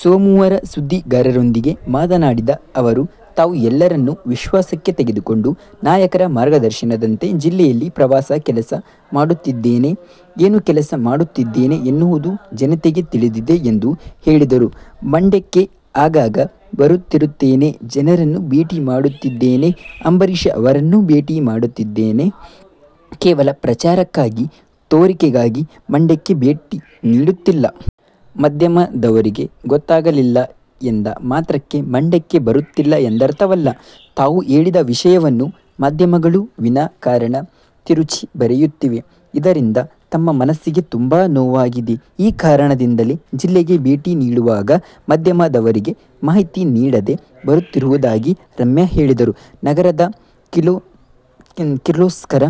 ಸೋಮವಾರ ಸುದ್ದಿಗಾರರೊಂದಿಗೆ ಮಾತನಾಡಿದ ಅವರು, ತಾವು ಎಲ್ಲರನ್ನೂ ವಿಶ್ವಾಸಕ್ಕೆ ತೆಗೆದುಕೊಂಡು ನಾಯಕರ ಮಾರ್ಗದರ್ಶನದಂತೆ ಜಿಲ್ಲೆಯಲ್ಲಿ ಪ್ರವಾಸ, ಕೆಲಸ ಮಾಡುತ್ತಿದ್ದೇನೆ. ಏನು ಕೆಲಸ ಮಾಡುತ್ತಿದ್ದೇನೆ ಎನ್ನುವುದು ಜನತೆಗೆ ತಿಳಿದಿದೆ ಎಂದು ಹೇಳಿದರು. ಮಂಡ್ಯಕ್ಕೆ ಆಗಾಗ ಬರುತ್ತಿರುತ್ತೇನೆ. ಜನರನ್ನು ಭೇಟಿ ಮಾಡುತ್ತಿದ್ದೇನೆ. ಅಂಬರೀಶ್ ಅವರನ್ನೂ ಭೇಟಿ ಮಾಡಿದ್ದೇನೆ. ಕೇವಲ ಪ್ರಚಾರಕ್ಕಾಗಿ, ತೋರಿಕೆಗಾಗಿ ಮಂಡ್ಯಕ್ಕೆ ಭೇಟಿ ನೀಡುತ್ತಿಲ್ಲ. ಮಾಧ್ಯಮದವರಿಗೆ ಗೊತ್ತಾಗಲಿಲ್ಲ ಎಂದ ಮಾತ್ರಕ್ಕೆ ಮಂಡ್ಯಕ್ಕೆ ಬರುತ್ತಿಲ್ಲ ಎಂದರ್ಥವಲ್ಲ. ತಾವು ಹೇಳಿದ ವಿಷಯವನ್ನು ಮಾಧ್ಯಮಗಳು ವಿನಾ ಕಾರಣ ತಿರುಚಿ ಬರೆಯುತ್ತಿವೆ. ಇದರಿಂದ ತಮ್ಮ ಮನಸ್ಸಿಗೆ ತುಂಬಾ ನೋವಾಗಿದೆ. ಈ ಕಾರಣದಿಂಲೇ ಜಿಲ್ಲೆಗೆ ಭೇಟಿ ನೀಡುವಾಗ ಮಾಧ್ಯಮದವರಿಗೆ ಮಾಹಿತಿ ನೀಡದೆ ಬರುತ್ತಿರುವುದಾಗಿ ರಮ್ಯಾ ಹೇಳಿದರು. ನಗರದ ಕಿರ್ಲೋಸ್ಕರ್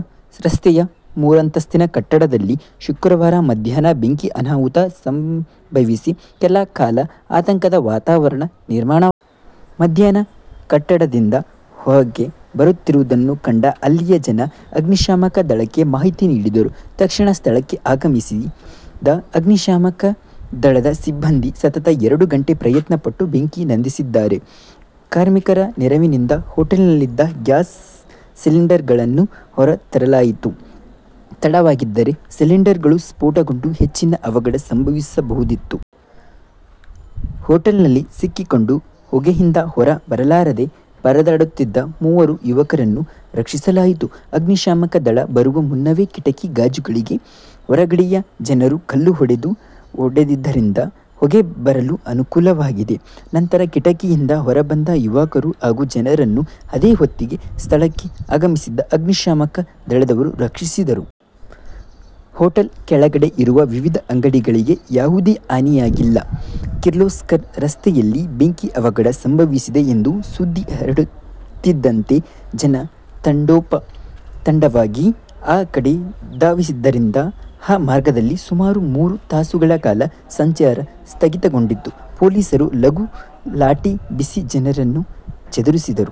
ರಸ್ತೆಯ ಮೂರಂತಸ್ತಿನ ಕಟ್ಟಡದಲ್ಲಿ ಶುಕ್ರವಾರ ಮಧ್ಯಾಹ್ನ ಬೆಂಕಿ ಅನಾಹುತ ಸಂಭವಿಸಿ ಕೆಲ ಕಾಲ ಆತಂಕದ ವಾತಾವರಣ ನಿರ್ಮಾಣವಾಗಿತ್ತು. ಮಧ್ಯಾಹ್ನ ಕಟ್ಟಡದಿಂದ ಹೊಗೆ ಬರುತ್ತಿರುವುದನ್ನು ಕಂಡ ಅಲ್ಲಿಯ ಜನ ಅಗ್ನಿಶಾಮಕ ದಳಕ್ಕೆ ಮಾಹಿತಿ ನೀಡಿದರು. ತಕ್ಷಣ ಸ್ಥಳಕ್ಕೆ ಆಗಮಿಸಿದ ಅಗ್ನಿಶಾಮಕ ದಳದ ಸಿಬ್ಬಂದಿ ಸತತ ಎರಡು ಗಂಟೆ ಪ್ರಯತ್ನ ಪಟ್ಟು ಬೆಂಕಿ ನಂದಿಸಿದ್ದಾರೆ. ಕಾರ್ಮಿಕರ ನೆರವಿನಿಂದ ಹೊಟೇಲ್ನಲ್ಲಿದ್ದ ಗ್ಯಾಸ್ ಸಿಲಿಂಡರ್ಗಳನ್ನು ಹೊರ ತರಲಾಯಿತು. ತಡವಾಗಿದ್ದರೆ ಸಿಲಿಂಡರ್ಗಳು ಸ್ಫೋಟಗೊಂಡು ಹೆಚ್ಚಿನ ಅವಘಡ ಸಂಭವಿಸಬಹುದಿತ್ತು. ಹೊಟೇಲ್ನಲ್ಲಿ ಸಿಕ್ಕಿಕೊಂಡು ಹೊಗೆಯಿಂದ ಹೊರ ಬರಲಾರದೇ ಪರದಾಡುತ್ತಿದ್ದ ಮೂವರು ಯುವಕರನ್ನು ರಕ್ಷಿಸಲಾಯಿತು. ಅಗ್ನಿ ಶಾಮಕ ದಳ ಬರುವ ಮುನ್ನವೇ ಕಿಟಕಿ ಗಾಜುಗಳಿಗೆ ಹೊರಗಡೆಯ ಜನರು ಕಲ್ಲು ಹೊಡೆದು ಒಡೆದಿದ್ದರಿಂದ ಹೊಗೆ ಹೊರಬರಲು ಅನುಕೂಲವಾಗಿದೆ. ನಂತರ ಕಿಟಕಿಯಿಂದ ಹೊರಬಂದ ಯುವಕರು ಹಾಗೂ ಜನರನ್ನು ಅದೇ ಹೊತ್ತಿಗೆ ಸ್ಥಳಕ್ಕೆ ಆಗಮಿಸಿದ ಅಗ್ನಿಶಾಮಕ ದಳದವರು ರಕ್ಷಿಸಿದರು. ಹೊಟೇಲ್ ಕೆಳಗಡೆ ಇರುವ ವಿವಿಧ ಅಂಗಡಿಗಳಿಗೆ ಯಾವುದೇ ಹಾನಿಯಾಗಿಲ್ಲ. ಕಿರ್ಲೋಸ್ಕರ್ ರಸ್ತೆಯಲ್ಲಿ ಬೆಂಕಿ ಅವಘಡ ಸಂಭವಿಸಿದೆ ಎಂಬ ಸುದ್ದಿ ಹರಡುತ್ತಿದ್ದಂತೆ ಜನ ತಂಡೋಪ ತಂಡವಾಗಿ ಆ ಕಡೆ ಧಾವಿಸಿದ್ದರಿಂದ ಆ ಮಾರ್ಗದಲ್ಲಿ ಸುಮಾರು ಮೂರು ತಾಸುಗಳ ಕಾಲ ಸಂಚಾರ ಸ್ಥಗಿತಗೊಂಡಿತು. ಪೊಲೀಸರು ಲಘು ಲಾಠಿ ಬೀಸಿ ಜನರನ್ನು ಚದುರಿಸಿದರು.